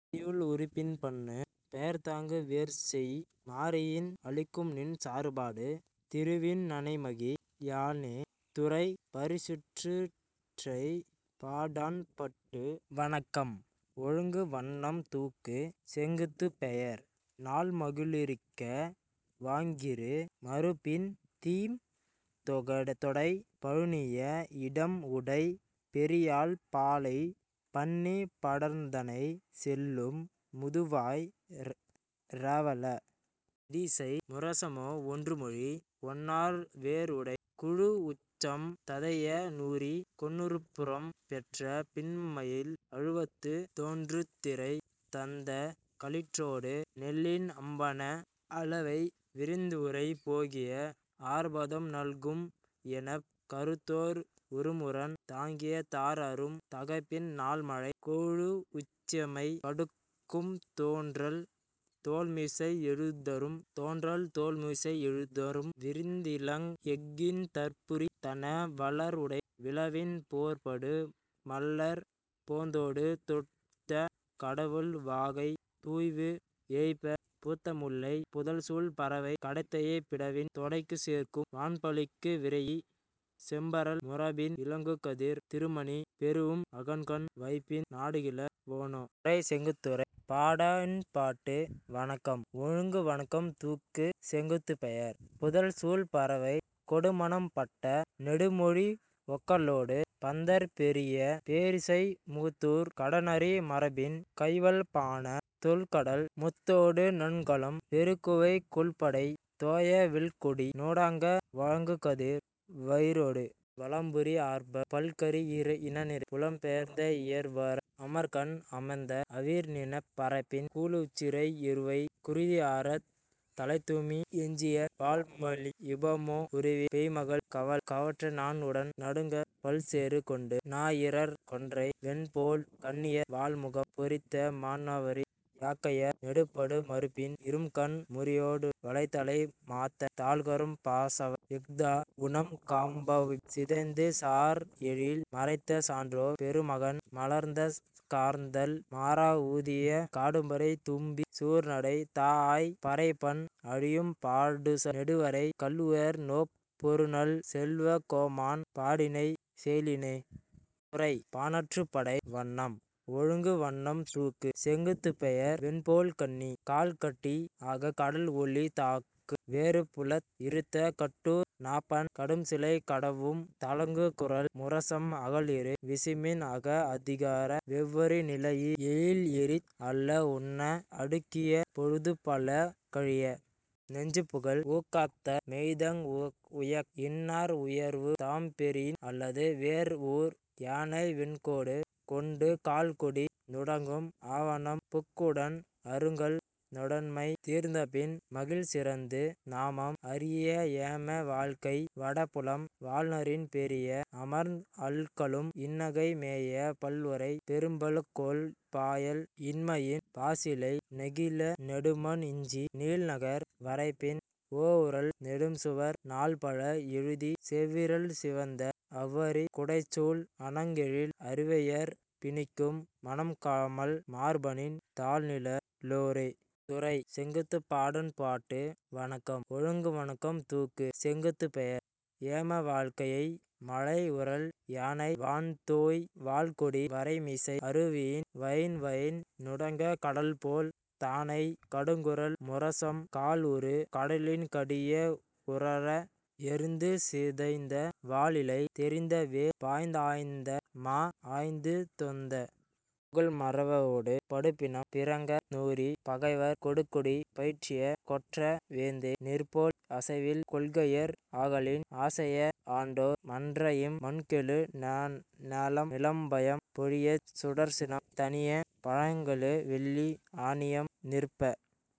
பையுள் உறுப்பின் பண்ணுப் பெயர்த்தாங்குச் வேறுசெய் மாரியின் அளிக்கும்நின் சாறுபடு திருவின் நனைமகி ழானே. துறை: பரிசிற்றுறைப் பாடாண்பாட்டு வணக்கம்: ஒழுகு வண்ணம் தூக்கு: செந்தூக்கு பெயர்: நாள்மகிழிருக்கை வாங்கிரு மருப்பின் தீம்தொடை பழுனிய இடன்உடைப் பேரியாழ் பாலை பண்ணிப் படர்ந்தனை செல்லும் முதுவாய் இரவல இடிஇசை முரசமொ ஒன்றுமொழிந் ஒன்னார் வேல்உடைக் குழூஉச்சமம் ததைய நூறிக் கொன்றுபுறம் பெற்ற பிணம்பயில் அழுவத்துத் தொன்றுதிறை தந்த களிற்றொடு நெல்லின் அம்பண அளவை விரிந்உறை போகிய ஆர்பதம் நல்கும் என்ப கறுத்தோர் உறுமுரண் தாங்கிய தார்அரும் தகைப்பின் நாள்மழைக் குழூஉச்சிமை கடுக்கும் தோன்றல் தோல்மிசைத் எழுதரும் விரிந்இலங் எஃகின் தார்புரிந் தன்ன வாள்உடை விழவின் போர்படு மள்ளர் போந்தொடு தொடுத்த கடவுள் வாகைத் துய்வீ ஏய்ப்பப் பூத்த முல்லைப் புதல்சூழ் பறவை கடத்திடைப் பிடவின் தொடைக்குலைச் சேக்கும் வான்பளிங்கு விரைஇய செம்பரல் முரம்பின் இலங்குகதிர்த் திருமணி பெறூஉம் அகன்கண் வைப்பின் நாடுகிழ வோனே. துறை: செந்துறைப் பாடாண்பாட்டு வண்ணம்: ஒழுகு வண்ணம் தூக்கு: செந்தூக்கு பெயர்: புதல்சூழ் பறவை கொடுமணம் பட்ட நெடுமொழி ஒக்கலொடு பந்தர்ப் பெயரிய பேரிசை மூதூர்க் கடன்அறி மரபின் கைவல் பாண தெள்கடல் முத்தமொடு நன்கலம் பெறுகுவை கொல்படை தொய வெல்கொடி நுடங்க வயங்குகதிர் வயிரொடு வலம்புரி ஆர்ப்பப் பல்களிற் இனநிரை புலம்பெயர்ந் இயல்வர அமர்க்கண் அமைந்த அவிர்நிணப் பரப்பின் குழூஉச்சிறை எருவை குருதி ஆரத் தலைதுமிந் எஞ்சிய வாள்மலி யூபமொ உருவில் பேய்மகள் கவலை கவற்ற நாஉடன் நடுங்கப் பல்செருக் கொன்று நாஇணர்க் கொன்றை வெண்போழ்க் கண்ணியர் வாள்முகம் பொறித்த மாண்வரி யாக்கையர் நெறிபடு மருப்பின் இரும்கண் மூரியொடு வளைதலை மாத்த தாழ்கரும் பாசவர் எஃஆ ஊனம் கடுப்பமெய் சிதைந்து சாந்எழில் மறைத்த சன்றோர் பெருமகன் மலர்ந்த காந்தள் மாறா ஊதிய கடும்பறைத் தும்பி சூர்நசைத் தாஅய்ப் பறைபண் அழியும் பாடுசால் நெடுவரைக் கல்உயர் நோப் பொருநன் செல்வக் கோமான் பாடினை செலினே. துறை: பாணாற்றுப்படை வண்ணம்: ஒழுகு வண்ணம் தூக்கு: செந்தூக்கு பெயர்: வெண்போழ்க்கண்ணி கால்கடிப் ஆகக் கடல்ஒலித் தாங்கு வேறுபுலத் இறுத்த கட்டூர் நாப்பண் கடும்சிலை கடவும் தழங்குகுரல் முரசம் அகல்இரு விசும்பின் ஆகத் அதிர வெவ்வரி நிலைஇய எயில்எறிந் அல்ல உண்ணா அடுக்கிய பொழுதுபல கழிய நெஞ்சுபுகல் ஊக்கத்தர் மெய்தயங் உயக்கத் இன்னார் உறையுள் தாம்பெறின் அல்லது வேந்ஊர் யானை வெண்கோடு கொண்டு கள்கொடி நுடங்கும் ஆவணம் புக்உடன் அருங்கள் நொடைமை தீர்ந்தபின் மகிழ்சிறந்து நாமம் அறியா ஏம வாழ்க்கை வடபுலம் வாழ்நரின் பெரிஅமர்ந் அல்கலும் இன்நகை மேய பல்உறை பெறுபகொல் பாயல் இன்மையின் பாசிழை ஞெகிழ நெடுமண் இஞ்சி நீள்நகர் வரைப்பின் ஓஉறழ் நெடும்சுவர் நாள்பல எழுதிச் செவ்விரல் சிவந்த அவ்வரிக் குடைச்சூல் அணங்எழில் அரிவையர்ப் பிணிக்கும் மணம்கமழ் மார்பநின் தாள்நிழ லோரே. துறை: செங்குத்துபாடாண்பாட்டு வணக்கம்ம: ஒழுகு வணக்கம்ம தூக்கு: செந்தூக்கு பெயர்: ஏமவாழ்க்கை மலைஉறழ் யானை வான்தோய் வால்கொடி வரைமிசை அருவியின் வயின்வயின் நுடங்கக் கடல்போல் தானைக் கடுங்குரல் முரசம் கால்உறு கடலின் கடிய உரற எறிந்துசிதைந்த வாள் இலை தெரிந்த வேல் பாய்ந்ஆய்ந்த மா ஆய்ந்துதொந்த புகல்மறவரொடு படுபிணம் பிறங்க நூறிப் பகைவர் கொடுகுடி பயிற்றிய கொற்ற வேந்தே நின்போல், அசைவில் கொள்கையர் ஆகலின் அசையா ஆண்டோர் மன்றஇம் மண்கெழு ஞாலம் நிலம்பயம் பொழியச் சுடர்சினம் தணியப் பயங்கெழு வெள்ளி ஆநியம் நிற்ப